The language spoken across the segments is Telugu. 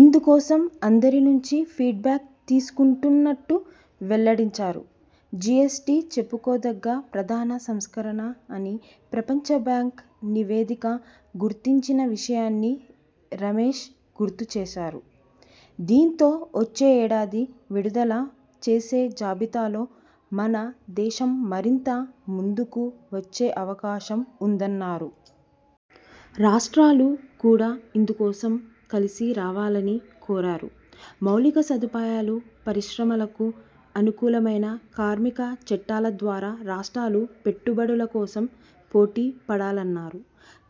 ఇందుకోసం అందరి నుంచి ఫీడ్ బ్యాక్ తీసుకుంటున్నట్టు వెల్లడించారు. జిఎ్సటి చెప్పుకోదగ్గ ప్రధాన సంస్కరణ అని ప్రపంచ బ్యాంక్ నివేదిక గుర్తించిన విషయాన్ని రమేశ్ గుర్తు చేశారు. దీంతో వచ్చే ఏడాది విడుదల చేసే జాబితాలో మన దేశం మరింత ముందుకు వచ్చే అవకాశం ఉందన్నారు. రాష్ట్రాలు కూడా ఇందుకోసం కలిసి రావాలని కోరారు. మౌలిక సదుపాయాలు, పరిశ్రమలకు అనుకూలమైన కార్మిక చట్టాల ద్వారా రాష్ట్రాలు పెట్టుబడుల కోసం పోటీపడాలన్నారు.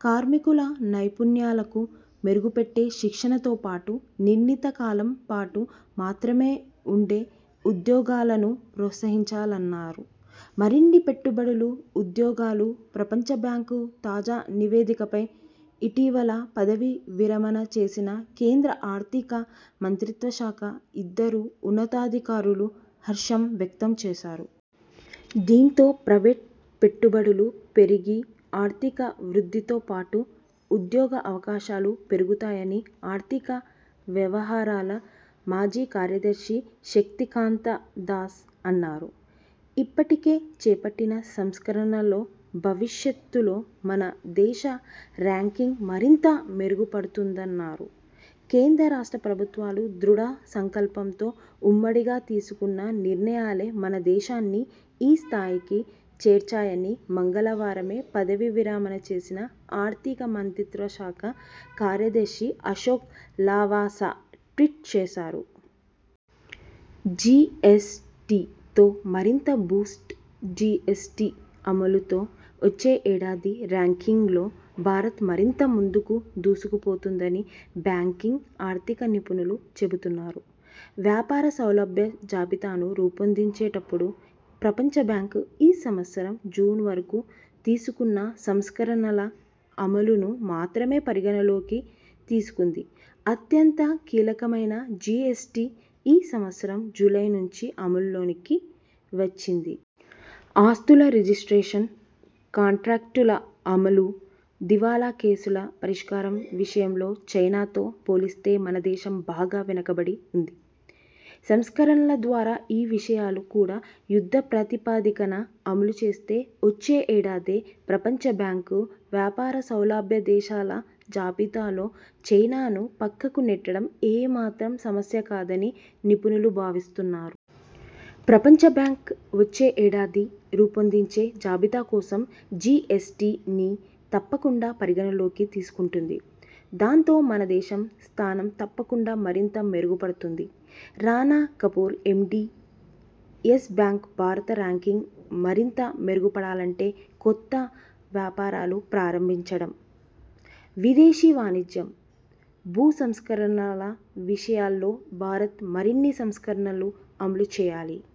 కార్మికుల నైపుణ్యాలకు మెరుగుపెట్టే శిక్షణతోపాటు నిర్ణీత కాలం పాటు మాత్రమే ఉండే ఉద్యోగాలనూ ప్రోత్సహించాలన్నారు. మరిన్ని పెట్టుబడులు, ఉద్యోగాలు ప్రపంచ బ్యాంక్ తాజా నివేదికపై ఇటీవల పదవీ విరమణ చేసిన కేంద్ర ఆర్థిక మంత్రిత్వ శాఖ ఇద్దరు ఉన్నతాధికారులూ హర్షం వ్యక్తం చేశారు. దీంతో ప్రైవేట్ పెట్టుబడులు పెరిగి ఆర్థిక వృద్ధితోపాటు ఉద్యోగ అవకాశాలూ పెరుగుతాయని ఆర్థిక వ్యవహారాల మాజీ కార్యదర్శి శక్తికాంత దాస్ అన్నారు. ఇప్పటికే చేపట్టిన సంస్కరణలో భవిష్యత్లో మన దేశ ర్యాంకింగ్ మరింత మెరుగు పడుతుందన్నారు. కేంద్ర-రాష్ట్ర ప్రభుత్వాలు దృఢ సంకల్పంతో ఉమ్మడిగా తీసుకున్న నిర్ణయాలే మన దేశాన్ని ఈ స్థాయికి చేర్చాయని మంగళవారమే పదవీ విరమణ చేసిన ఆర్థిక మంత్రిత్వ శాఖ కార్యదర్శి అశోక్ లవాసా ట్వీట్ చేశారు. జిఎ్సటితో మరింత బూస్ట్ జిఎ్సటి అమలుతో వచ్చే ఏడాది ర్యాంకింగ్లో భారత్ మరింత ముందుకు దూసుకుపోతుందని బ్యాంకింగ్, ఆర్థిక నిపుణులు చెబుతున్నారు. వ్యాపార సౌలభ్య జాబితాను రూపొందించేటపుడు ప్రపంచ బ్యాంక్ ఈ సంవ్సరం జూన్ వరకు తీసుకున్న సంస్కరణల అమలును మాత్రమే పరిగణనలోకి తీసుకుంది. అత్యంత కీలకమైన జిఎ్సటి ఈ సంవత్సరం జూలై నుంచి అమల్లోకి వచ్చింది. ఆస్తుల రిజిస్ట్రేషన్, కాంట్రాక్టుల అమలు, దివాలా కేసుల పరిష్కారం విషయంలో చైనాతో పోలిస్తే మన దేశం బాగా వెనకబడి ఉంది. సంస్కరణల ద్వారా ఈ విషయాలు కూడా యుద్ధ ప్రాతిపదికన అమలు చేస్తే వచ్చే ఏడాదే ప్రపంచ బ్యాంక్ వ్యాపార సౌలభ్య దేశాల జాబితాలో చైనాను పక్కకు నెట్టడం ఏ మాత్రం సమస్య కాదని నిపుణులు భావిస్తున్నారు. ప్రపంచ బ్యాంక్ వచ్చే ఏడాది రూపొందించే జాబితా కోసం జిఎ్సటిని తప్పకుండా పరిగణనలోకి తీసుకుంటుంది. దాంతో మన దేశం స్థానం తప్పకుండా మరింత మెరుగుపడుతుంది. -Rana Kapoor, MD, Yes Bank Bharat ranking మరింత మెరుగుపడాలంటే కొత్త వ్యాపారాలు ప్రారంభించడం, విదేశీ వాణిజ్యం, భూ సంస్కరణల విషయాల్లో భారత్ మరిన్ని సంస్కరణలు అమలు చేయాలి.